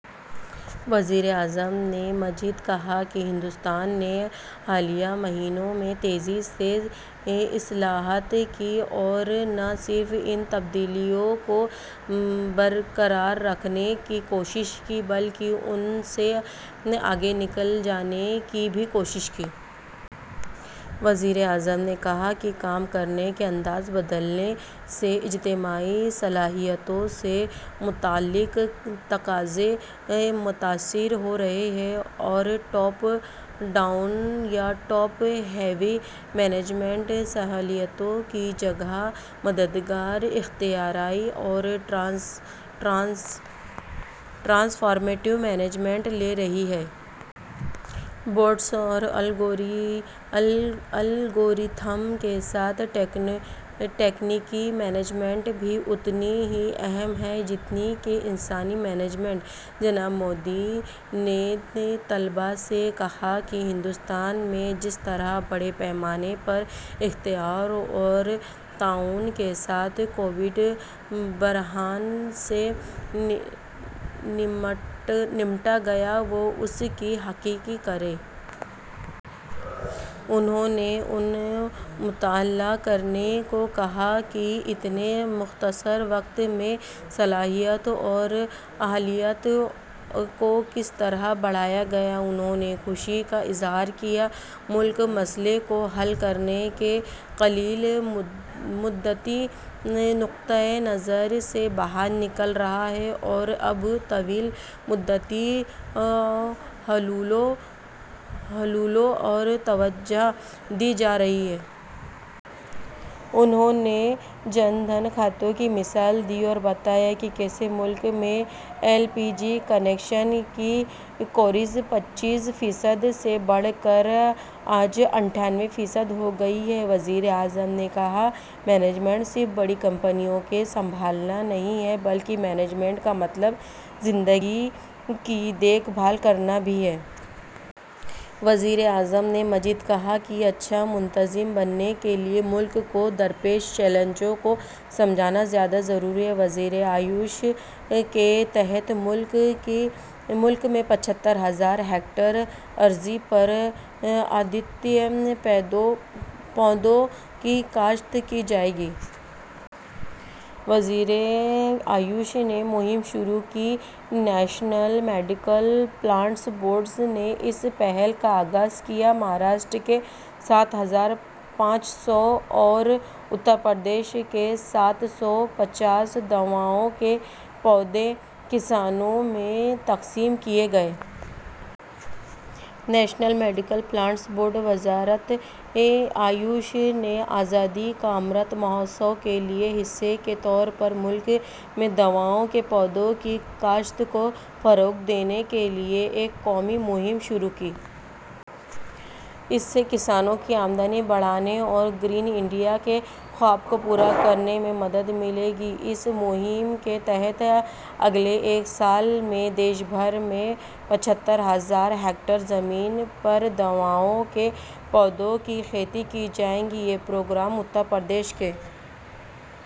وزیر اعظم نے مزید کہا کہ ہندوستان نے حالیہ مہینوں میں تیزی سے اصلاحات کیں اور نہ صرف ان تبدیلیوں کو برقرار رکھنے کی کوشش کی بلکہ ان سے آگے نکل جانے کی بھی کوشش کی۔ وزیر اعظم نے کہا کہ کام کرنے کے انداز بدلنے سے انتظامی صلاحیتوں سے متعلق تقاضے متاثر ہو رہے ہیں اور ٹاپ ڈاؤن یا ٹاپ ہیوی مینجمنٹ صلاحیتوں کی جگہ مددگار، اختراعی اور ٹرانسفارمیٹو مینجمنٹ لے رہی ہے۔ بوٹس اور الگورتھم کے ساتھ تکنیکی مینجمنٹ بھی اتنی ہی اہم ہے جتنی کہ انسانی مینجمنٹ۔ جناب مودی نے طلبہ سے کہا کہ ہندوستان میں جس طرح بڑے پیمانے پر اختراع اور تعاون کے ساتھ کووڈ بحران سے نمٹا گیا، وہ اس کی تحقیق کریں۔ انہوں نے ان سے مطالعہ کرنے کو کہا کہ اتنے مختصر وقت میں صلاحیت اور اہلیت کو کس طرح بڑھایا گیا۔ انہوں نے خوشی کا اظہار کیا کہ ملک مسئلے کو حل کرنے کے قلیل مدتی نقطہ نظر سے باہر نکل رہا ہے اور اب طویل مدتی حلوں پر توجہ دی جا رہی ہے۔ انہوں نے جن دھن کھاتوں کی مثال دی اور بتایا کہ کیسے ملک میں ایل پی جی کنکشن کی کوریج پچپن فیصد سے بڑھ کر آج اٹھانوے فیصد ہو گئی ہے۔ وزیر اعظم نے کہا، "مینجمنٹ صرف بڑی کمپنیوں کو سنبھالنا نہیں ہے بلکہ مینجمنٹ کا مطلب زندگی کی دیکھ بھال کرنا بھی ہے۔" وزیر اعظم نے مزید کہا کہ اچھا منتظم بننے کے لیے ملک کو درپیش چیلنجوں کو سمجھنا زیادہ ضروری ہے۔ وزارت آیوش کے تحت ملک میں پچھتر ہزار ہیکٹر اراضی پر ادویاتی پودوں کی کاشت کی جائے گی۔ وزارت آیوش نے مہم شروع کی، نیشنل میڈیکل پلانٹس بورڈ نے اس پہل کا آغاز کیا۔ مہاراشٹر میں سات ہزار پانچ سو اور اتر پردیش میں سات سو پچاس دواؤں کے پودے کسانوں میں تقسیم کیے گئے۔ نیشنل میڈیکل پلانٹس بورڈ، وزارت آیوش نے آزادی کا امرت مہوتسو کے ایک حصے کے طور پر ملک میں دواؤں کے پودوں کی کاشت کو فروغ دینے کے لیے ایک قومی مہم شروع کی ہے۔ اس سے کسانوں کی آمدنی بڑھانے اور گرین انڈیا کے خواب کو پورا کرنے میں مدد ملے گی۔ اس مہم کے تحت اگلے ایک سال میں ملک بھر میں پچھتر ہزار ہیکٹر اراضی پر دواؤں کے پودوں کی کاشت کی جائے گی۔ یہ پروگرام اتر پردیش کے...